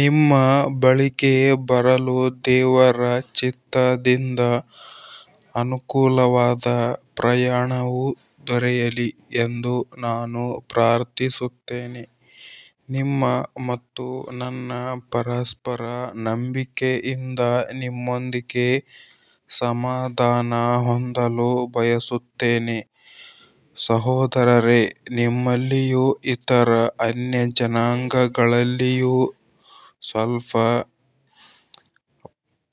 ನಿಮ್ಮ ಬಳಿಗೆ ಬರಲು ದೇವರ ಚಿತ್ತದಿಂದ ಅನುಕೂಲವಾದ ಪ್ರಯಾಣವು ದೊರೆಯಲಿ ಎಂದು ನಾನು ಪ್ರಾರ್ಥಿಸುತ್ತೇನೆ, ನಿಮ್ಮ ಮತ್ತು ನನ್ನ ಪರಸ್ಪರ ನಂಬಿಕೆಯಿಂದ ನಿಮ್ಮೊಂದಿಗೆ ಸಮಾಧಾನ ಹೊಂದಲು ಬಯಸುತ್ತೇನೆ. ಸಹೋದರರೇ, ನಿಮ್ಮಲ್ಲಿಯೂ ಇತರ ಅನ್ಯಜನಾಂಗಗಳಲ್ಲಿಯೂ ಸ್ವಲ್ಪ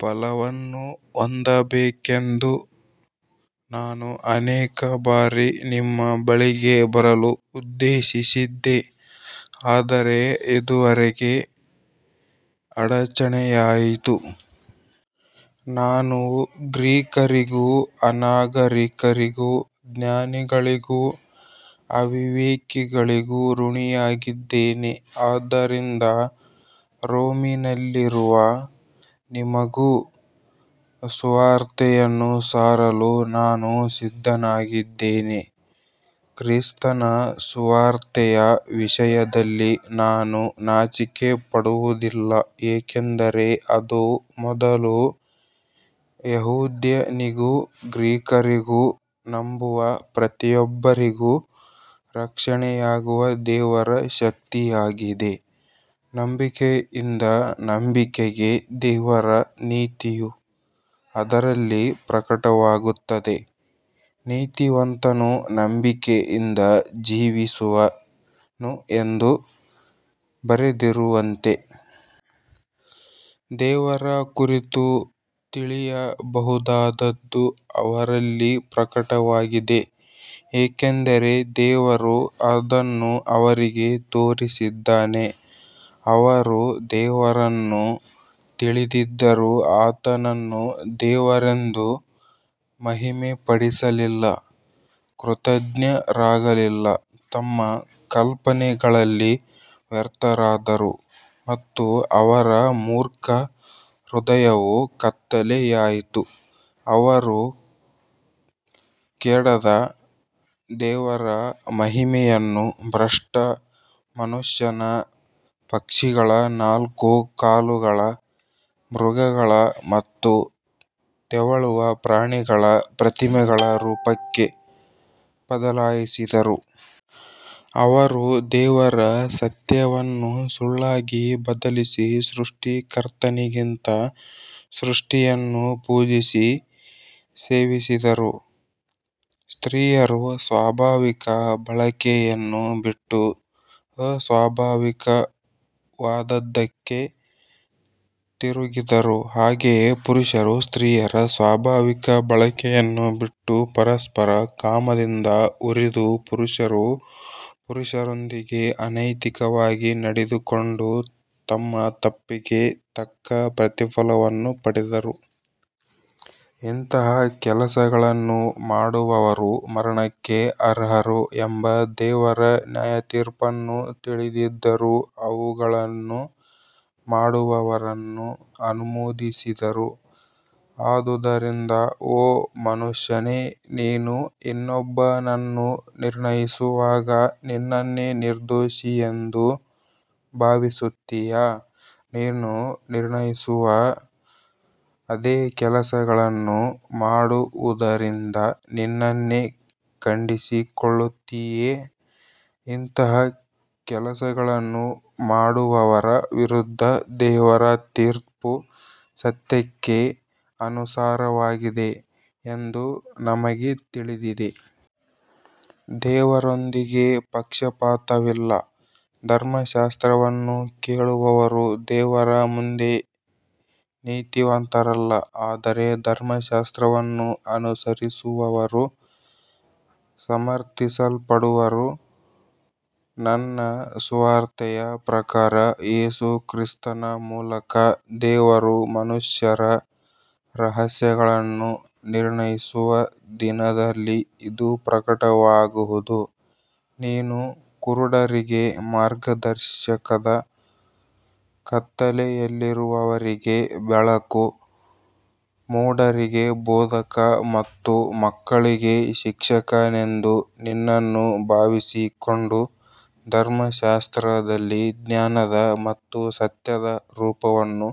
ಫಲವನ್ನು ಹೊಂದಬೇಕೆಂದು ನಾನು ಅನೇಕ ಬಾರಿ ನಿಮ್ಮ ಬಳಿಗೆ ಬರಲು ಉದ್ದೇಶಿಸಿದ್ದೆ, ಆದರೆ ಇದುವರೆಗೆ ಅಡಚಣೆಯಾಯಿತು. ನಾನು ಗ್ರೀಕರಿಗೂ ಅನಾಗರಿಕರಿಗೂ ಜ್ಞಾನಿಗಳಿಗೂ ಅವಿವೇಕಿಗಳಿಗೂ ಋಣಿಯಾಗಿದ್ದೇನೆ. ಆದ್ದರಿಂದ ರೋಮಿನಲ್ಲಿರುವ ನಿಮಗೂ ಸುವಾರ್ತೆಯನ್ನು ಸಾರಲು ನಾನು ಸಿದ್ಧನಾಗಿದ್ದೇನೆ. ಕ್ರಿಸ್ತನ ಸುವಾರ್ತೆಯ ವಿಷಯದಲ್ಲಿ ನಾನು ನಾಚಿಕೆಪಡುವುದಿಲ್ಲ, ಏಕೆಂದರೆ ಅದು ಮೊದಲು ಯೆಹೂದ್ಯನಿಗೂ ಗ್ರೀಕರಿಗೂ ನಂಬುವ ಪ್ರತಿಯೊಬ್ಬರಿಗೂ ರಕ್ಷಣೆಯಾಗುವ ದೇವರ ಶಕ್ತಿಯಾಗಿದೆ. ನಂಬಿಕೆಯಿಂದ ನಂಬಿಕೆಗೆ ದೇವರ ನೀತಿಯು ಅದರಲ್ಲಿ ಪ್ರಕಟವಾಗುತ್ತದೆ, ನೀತಿವಂತನು ನಂಬಿಕೆಯಿಂದ ಜೀವಿಸುವನು ಎಂದು ಬರೆದಿರುವಂತೆ. ದೇವರ ಕುರಿತು ತಿಳಿಯಬಹುದಾದದ್ದು ಅವರಲ್ಲಿ ಪ್ರಕಟವಾಗಿದೆ, ಏಕೆಂದರೆ ದೇವರು ಅದನ್ನು ಅವರಿಗೆ ತೋರಿಸಿದ್ದಾನೆ. ಅವರು ದೇವರನ್ನು ತಿಳಿದಿದ್ದರೂ ಆತನನ್ನು ದೇವರೆಂದು ಮಹಿಮೆಪಡಿಸಲಿಲ್ಲ, ಕೃತಜ್ಞರಾಗಲಿಲ್ಲ, ತಮ್ಮ ಕಲ್ಪನೆಗಳಲ್ಲಿ ವ್ಯರ್ಥರಾದರು ಮತ್ತು ಅವರ ಮೂರ್ಖ ಹೃದಯವು ಕತ್ತಲೆಯಾಯಿತು. ಅವರು ಕೆಡದ ದೇವರ ಮಹಿಮೆಯನ್ನು ಭ್ರಷ್ಟ ಮನುಷ್ಯನ, ಪಕ್ಷಿಗಳ, ನಾಲ್ಕು ಕಾಲುಗಳ ಮೃಗಗಳ ಮತ್ತು ತೆವಳುವ ಪ್ರಾಣಿಗಳ ಪ್ರತಿಮೆಗಳ ರೂಪಕ್ಕೆ ಬದಲಾಯಿಸಿದರು. ಅವರು ದೇವರ ಸತ್ಯವನ್ನು ಸುಳ್ಳಾಗಿ ಬದಲಿಸಿ ಸೃಷ್ಟಿಕರ್ತನಿಗಿಂತ ಸೃಷ್ಟಿಯನ್ನು ಪೂಜಿಸಿ ಸೇವಿಸಿದರು. ಸ್ತ್ರೀಯರು ಸ್ವಾಭಾವಿಕ ಬಳಕೆಯನ್ನು ಬಿಟ್ಟು ಅಸ್ವಾಭಾವಿಕವಾದದ್ದಕ್ಕೆ ತಿರುಗಿದರು. ಹಾಗೆಯೇ ಪುರುಷರು ಸ್ತ್ರೀಯರ ಸ್ವಾಭಾವಿಕ ಬಳಕೆಯನ್ನು ಬಿಟ್ಟು ಪರಸ್ಪರ ಕಾಮದಿಂದ ಉರಿದು, ಪುರುಷರು ಪುರುಷರೊಂದಿಗೆ ಅನೈತಿಕವಾಗಿ ನಡೆದುಕೊಂಡು ತಮ್ಮ ತಪ್ಪಿಗೆ ತಕ್ಕ ಪ್ರತಿಫಲವನ್ನು ಪಡೆದರು. ಇಂತಹ ಕೆಲಸಗಳನ್ನು ಮಾಡುವವರು ಮರಣಕ್ಕೆ ಅರ್ಹರು ಎಂಬ ದೇವರ ನ್ಯಾಯತೀರ್ಪನ್ನು ತಿಳಿದಿದ್ದರೂ, ಅವುಗಳನ್ನು ಮಾಡುವವರನ್ನು ಅನುಮೋದಿಸಿದರು. ಆದುದರಿಂದ ಓ ಮನುಷ್ಯನೇ, ನೀನು ಇನ್ನೊಬ್ಬನನ್ನು ನಿರ್ಣಯಿಸುವಾಗ ನಿನ್ನನ್ನೇ ನಿರ್ದೋಷಿಯೆಂದು ಭಾವಿಸುತ್ತೀಯಾ, ನೀನು ನಿರ್ಣಯಿಸುವ ಅದೇ ಕೆಲಸಗಳನ್ನು ಮಾಡುವುದರಿಂದ ನಿನ್ನನ್ನೇ ಖಂಡಿಸಿಕೊಳ್ಳುತ್ತೀಯೆ. ಇಂತಹ ಕೆಲಸಗಳನ್ನು ಮಾಡುವವರ ವಿರುದ್ಧ ದೇವರ ತೀರ್ಪು ಸತ್ಯಕ್ಕೆ ಅನುಸಾರವಾಗಿದೆ ಎಂದು ನಮಗೆ ತಿಳಿದಿದೆ. ದೇವರೊಂದಿಗೆ ಪಕ್ಷಪಾತವಿಲ್ಲ. ಧರ್ಮಶಾಸ್ತ್ರವನ್ನು ಕೇಳುವವರು ದೇವರ ಮುಂದೆ ನೀತಿವಂತರಲ್ಲ, ಆದರೆ ಧರ್ಮಶಾಸ್ತ್ರವನ್ನು ಅನುಸರಿಸುವವರು ಸಮರ್ಥಿಸಲ್ಪಡುವರು. ನನ್ನ ಸುವಾರ್ತೆಯ ಪ್ರಕಾರ ಯೇಸು ಕ್ರಿಸ್ತನ ಮೂಲಕ ದೇವರು ಮನುಷ್ಯರ ರಹಸ್ಯಗಳನ್ನು ನಿರ್ಣಯಿಸುವ ದಿನದಲ್ಲಿ ಇದು ಪ್ರಕಟವಾಗುವುದು. ನೀನು ಕುರುಡರಿಗೆ ಮಾರ್ಗದರ್ಶಕ, ಕತ್ತಲೆಯಲ್ಲಿರುವವರಿಗೆ ಬೆಳಕು, ಮೂಢರಿಗೆ ಬೋಧಕ ಮತ್ತು ಮಕ್ಕಳಿಗೆ ಶಿಕ್ಷಕನೆಂದು ನಿನ್ನನ್ನು ಭಾವಿಸಿಕೊಂಡು, ಧರ್ಮಶಾಸ್ತ್ರದಲ್ಲಿ ಜ್ಞಾನದ ಮತ್ತು ಸತ್ಯದ ರೂಪವನ್ನು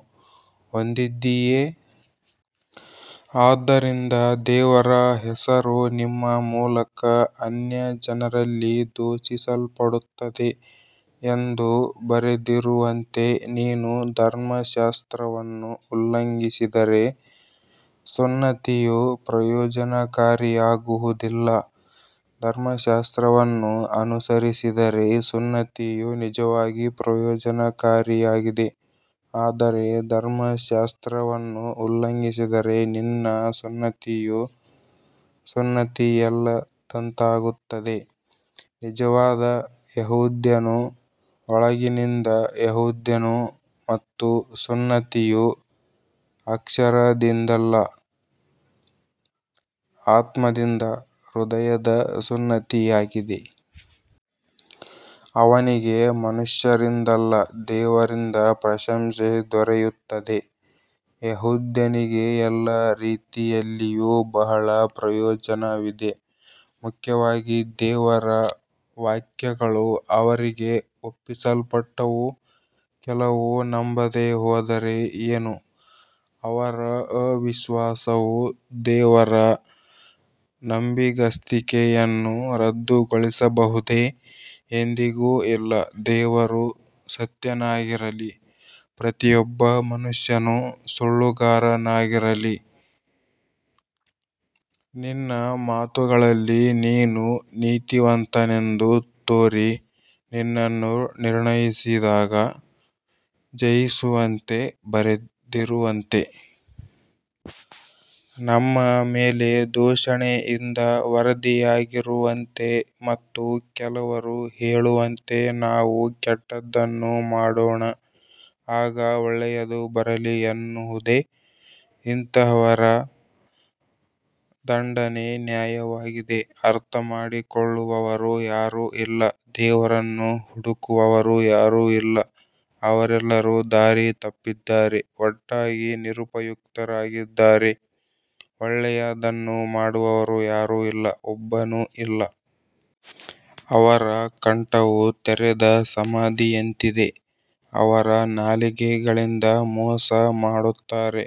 ಹೊಂದಿದ್ದೀಯೆ. ಆದ್ದರಿಂದ ದೇವರ ಹೆಸರು ನಿಮ್ಮ ಮೂಲಕ ಅನ್ಯಜನರಲ್ಲಿ ದೂಷಿಸಲ್ಪಡುತ್ತದೆ ಎಂದು ಬರೆದಿರುವಂತೆ, ನೀನು ಧರ್ಮಶಾಸ್ತ್ರವನ್ನು ಉಲ್ಲಂಘಿಸಿದರೆ ಸುನ್ನತಿಯು ಪ್ರಯೋಜನಕಾರಿಯಾಗುವುದಿಲ್ಲ. ಧರ್ಮಶಾಸ್ತ್ರವನ್ನು ಅನುಸರಿಸಿದರೆ ಸುನ್ನತಿಯು ನಿಜವಾಗಿಯೂ ಪ್ರಯೋಜನಕಾರಿಯಾಗಿದೆ, ಆದರೆ ಧರ್ಮಶಾಸ್ತ್ರವನ್ನು ಉಲ್ಲಂಘಿಸಿದರೆ ನಿನ್ನ ಸುನ್ನತಿಯು ಸುನ್ನತಿಯಲ್ಲದಂತಾಗುತ್ತದೆ. ನಿಜವಾದ ಯೆಹೂದ್ಯನು ಒಳಗಿನಿಂದ ಯೆಹೂದ್ಯನು, ಮತ್ತು ಸುನ್ನತಿಯು ಅಕ್ಷರದಿಂದಲ್ಲ, ಆತ್ಮದಿಂದ ಹೃದಯದ ಸುನ್ನತಿಯಾಗಿದೆ. ಅವನಿಗೆ ಮನುಷ್ಯರಿಂದಲ್ಲ, ದೇವರಿಂದ ಪ್ರಶಂಸೆ ದೊರೆಯುತ್ತದೆ. ಯೆಹೂದ್ಯನಿಗೆ ಎಲ್ಲ ರೀತಿಯಲ್ಲಿಯೂ ಬಹಳ ಪ್ರಯೋಜನವಿದೆ, ಮುಖ್ಯವಾಗಿ ದೇವರ ವಾಕ್ಯಗಳು ಅವರಿಗೆ ಒಪ್ಪಿಸಲ್ಪಟ್ಟವು. ಕೆಲವರು ನಂಬದೆ ಹೋದರೆ ಏನು, ಅವರ ಅವಿಶ್ವಾಸವು ದೇವರ ನಂಬಿಗಸ್ತಿಕೆಯನ್ನು ರದ್ದುಗೊಳಿಸಬಹುದೇ. ಎಂದಿಗೂ ಇಲ್ಲ. ದೇವರು ಸತ್ಯನಾಗಿರಲಿ, ಪ್ರತಿಯೊಬ್ಬ ಮನುಷ್ಯನು ಸುಳ್ಳುಗಾರನಾಗಿರಲಿ, ನಿನ್ನ ಮಾತುಗಳಲ್ಲಿ ನೀನು ನೀತಿವಂತನೆಂದು ತೋರಿ, ನಿನ್ನನ್ನು ನಿರ್ಣಯಿಸಿದಾಗ ಜಯಿಸುವಂತೆ ಬರೆದಿರುವಂತೆ. ನಮ್ಮ ಮೇಲೆ ದೂಷಣೆಯಿಂದ ವರದಿಯಾಗಿರುವಂತೆ ಮತ್ತು ಕೆಲವರು ಹೇಳುವಂತೆ ನಾವು ಕೆಟ್ಟದ್ದನ್ನು ಮಾಡೋಣ, ಆಗ ಒಳ್ಳೆಯದು ಬರಲಿ ಎನ್ನುವುದೇ. ಇಂತಹವರ ದಂಡನೆ ನ್ಯಾಯವಾಗಿದೆ. ಅರ್ಥಮಾಡಿಕೊಳ್ಳುವವರು ಯಾರೂ ಇಲ್ಲ, ದೇವರನ್ನು ಹುಡುಕುವವರು ಯಾರೂ ಇಲ್ಲ. ಅವರೆಲ್ಲರೂ ದಾರಿ ತಪ್ಪಿದ್ದಾರೆ, ಒಟ್ಟಾಗಿ ನಿರುಪಯುಕ್ತರಾಗಿದ್ದಾರೆ. ಒಳ್ಳೆಯದನ್ನು ಮಾಡುವವರು ಯಾರೂ ಇಲ್ಲ, ಒಬ್ಬನೂ ಇಲ್ಲ. ಅವರ ಕಂಠವು ತೆರೆದ ಸಮಾಧಿಯಂತಿದೆ, ಅವರ ನಾಲಿಗೆಗಳಿಂದ ಮೋಸ ಮಾಡುತ್ತಾರೆ,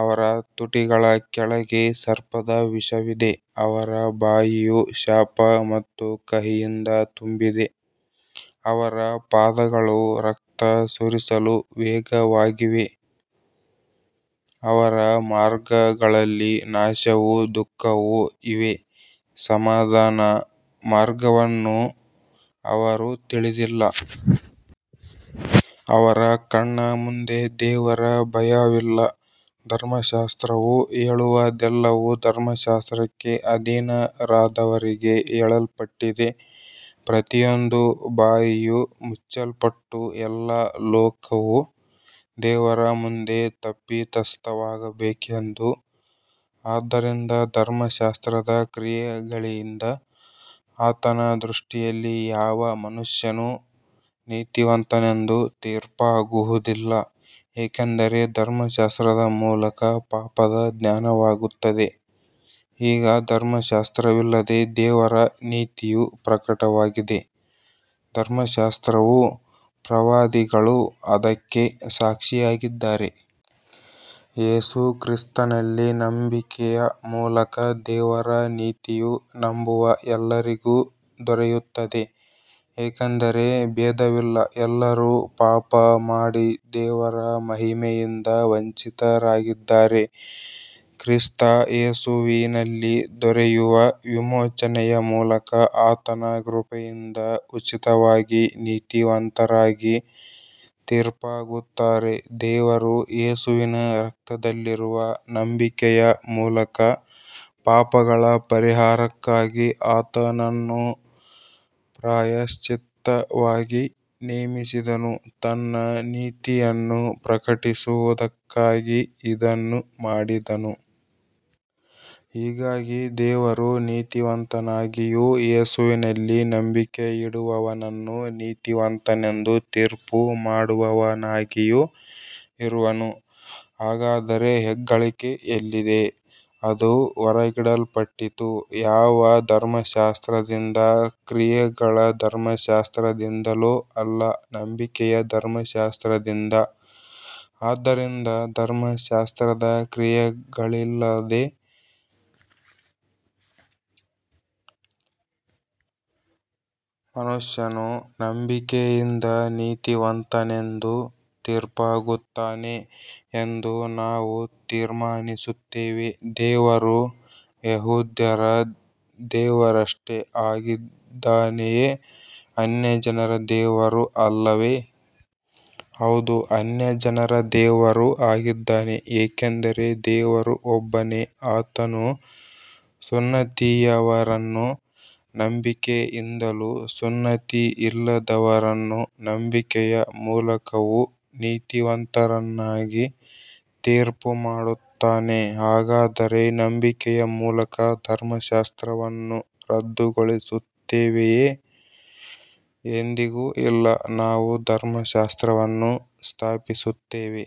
ಅವರ ತುಟಿಗಳ ಕೆಳಗೆ ಸರ್ಪದ ವಿಷವಿದೆ. ಅವರ ಬಾಯಿಯು ಶಾಪ ಮತ್ತು ಕಹಿಯಿಂದ ತುಂಬಿದೆ. ಅವರ ಪಾದಗಳು ರಕ್ತ ಸುರಿಸಲು ವೇಗವಾಗಿವೆ, ಅವರ ಮಾರ್ಗಗಳಲ್ಲಿ ನಾಶವೂ ದುಃಖವೂ ಇವೆ, ಸಮಾಧಾನದ ಮಾರ್ಗವನ್ನು ಅವರು ತಿಳಿದಿಲ್ಲ. ಅವರ ಕಣ್ಣ ಮುಂದೆ ದೇವರ ಭಯವಿಲ್ಲ. ಧರ್ಮಶಾಸ್ತ್ರವು ಹೇಳುವದೆಲ್ಲವೂ ಧರ್ಮಶಾಸ್ತ್ರಕ್ಕೆ ಅಧೀನರಾದವರಿಗೆ ಹೇಳಲ್ಪಟ್ಟಿದೆ, ಪ್ರತಿಯೊಂದು ಬಾಯಿಯೂ ಮುಚ್ಚಲ್ಪಟ್ಟು ಎಲ್ಲಾ ಲೋಕವೂ ದೇವರ ಮುಂದೆ ತಪ್ಪಿತಸ್ಥವಾಗಬೇಕೆಂದು. ಆದ್ದರಿಂದ ಧರ್ಮಶಾಸ್ತ್ರದ ಕ್ರಿಯೆಗಳಿಂದ ಆತನ ದೃಷ್ಟಿಯಲ್ಲಿ ಯಾವ ಮನುಷ್ಯನೂ ನೀತಿವಂತನೆಂದು ತೀರ್ಪಾಗುವುದಿಲ್ಲ, ಏಕೆಂದರೆ ಧರ್ಮಶಾಸ್ತ್ರದ ಮೂಲಕ ಪಾಪದ ಜ್ಞಾನವಾಗುತ್ತದೆ. ಈಗ ಧರ್ಮಶಾಸ್ತ್ರವಿಲ್ಲದೆ ದೇವರ ನೀತಿಯು ಪ್ರಕಟವಾಗಿದೆ, ಧರ್ಮಶಾಸ್ತ್ರವೂ ಪ್ರವಾದಿಗಳೂ ಅದಕ್ಕೆ ಸಾಕ್ಷಿಯಾಗಿದ್ದಾರೆ. ಯೇಸು ಕ್ರಿಸ್ತನಲ್ಲಿ ನಂಬಿಕೆಯ ಮೂಲಕ ದೇವರ ನೀತಿಯು ನಂಬುವ ಎಲ್ಲರಿಗೂ ದೊರೆಯುತ್ತದೆ, ಏಕೆಂದರೆ ಭೇದವಿಲ್ಲ. ಎಲ್ಲರೂ ಪಾಪಮಾಡಿ ದೇವರ ಮಹಿಮೆಯಿಂದ ವಂಚಿತರಾಗಿದ್ದಾರೆ. ಕ್ರಿಸ್ತ ಯೇಸುವಿನಲ್ಲಿ ದೊರೆಯುವ ವಿಮೋಚನೆಯ ಮೂಲಕ ಆತನ ಕೃಪೆಯಿಂದ ಉಚಿತವಾಗಿ ನೀತಿವಂತರಾಗಿ ತೀರ್ಪಾಗುತ್ತಾರೆ. ದೇವರು ಯೇಸುವಿನ ರಕ್ತದಲ್ಲಿರುವ ನಂಬಿಕೆಯ ಮೂಲಕ ಪಾಪಗಳ ಪರಿಹಾರಕ್ಕಾಗಿ ಆತನನ್ನು ಪ್ರಾಯಶ್ಚಿತ್ತವಾಗಿ ನೇಮಿಸಿದನು, ತನ್ನ ನೀತಿಯನ್ನು ಪ್ರಕಟಿಸುವುದಕ್ಕಾಗಿ ಇದನ್ನು ಮಾಡಿದನು. ಹೀಗಾಗಿ ದೇವರು ನೀತಿವಂತನಾಗಿಯೂ ಯೇಸುವಿನಲ್ಲಿ ನಂಬಿಕೆಯಿಡುವವನನ್ನು ನೀತಿವಂತನೆಂದು ತೀರ್ಪುಮಾಡುವವನಾಗಿಯೂ ಇರುವನು. ಹಾಗಾದರೆ ಹೆಗ್ಗಳಿಕೆ ಎಲ್ಲಿದೆ, ಅದು ಹೊರಗಿಡಲ್ಪಟ್ಟಿತು. ಯಾವ ಧರ್ಮಶಾಸ್ತ್ರದಿಂದ, ಕ್ರಿಯೆಗಳ ಧರ್ಮಶಾಸ್ತ್ರದಿಂದಲೋ, ಅಲ್ಲ, ನಂಬಿಕೆಯ ಧರ್ಮಶಾಸ್ತ್ರದಿಂದ. ಆದ್ದರಿಂದ ಧರ್ಮಶಾಸ್ತ್ರದ ಕ್ರಿಯೆಗಳಿಲ್ಲದೆ ಮನುಷ್ಯನು ನಂಬಿಕೆಯಿಂದ ನೀತಿವಂತನೆಂದು ತೀರ್ಪಾಗುತ್ತಾನೆ ಎಂದು ನಾವು ತೀರ್ಮಾನಿಸುತ್ತೇವೆ. ದೇವರು ಯೆಹೂದ್ಯರ ದೇವರಷ್ಟೇ ಆಗಿದ್ದಾನೆಯೇ, ಅನ್ಯಜನರ ದೇವರೂ ಅಲ್ಲವೇ. ಹೌದು, ಅನ್ಯಜನರ ದೇವರೂ ಆಗಿದ್ದಾನೆ. ಏಕೆಂದರೆ ದೇವರು ಒಬ್ಬನೇ, ಆತನು ಸುನ್ನತಿಯವರನ್ನು ನಂಬಿಕೆಯಿಂದಲೂ ಸುನ್ನತಿಯಿಲ್ಲದವರನ್ನು ನಂಬಿಕೆಯ ಮೂಲಕವೂ ನೀತಿವಂತರನ್ನಾಗಿ ತೀರ್ಪುಮಾಡುತ್ತಾನೆ. ಹಾಗಾದರೆ ನಂಬಿಕೆಯ ಮೂಲಕ ಧರ್ಮಶಾಸ್ತ್ರವನ್ನು ರದ್ದುಗೊಳಿಸುತ್ತೇವೆಯೇ. ಎಂದಿಗೂ ಇಲ್ಲ, ನಾವು ಧರ್ಮಶಾಸ್ತ್ರವನ್ನು ಸ್ಥಾಪಿಸುತ್ತೇವೆ.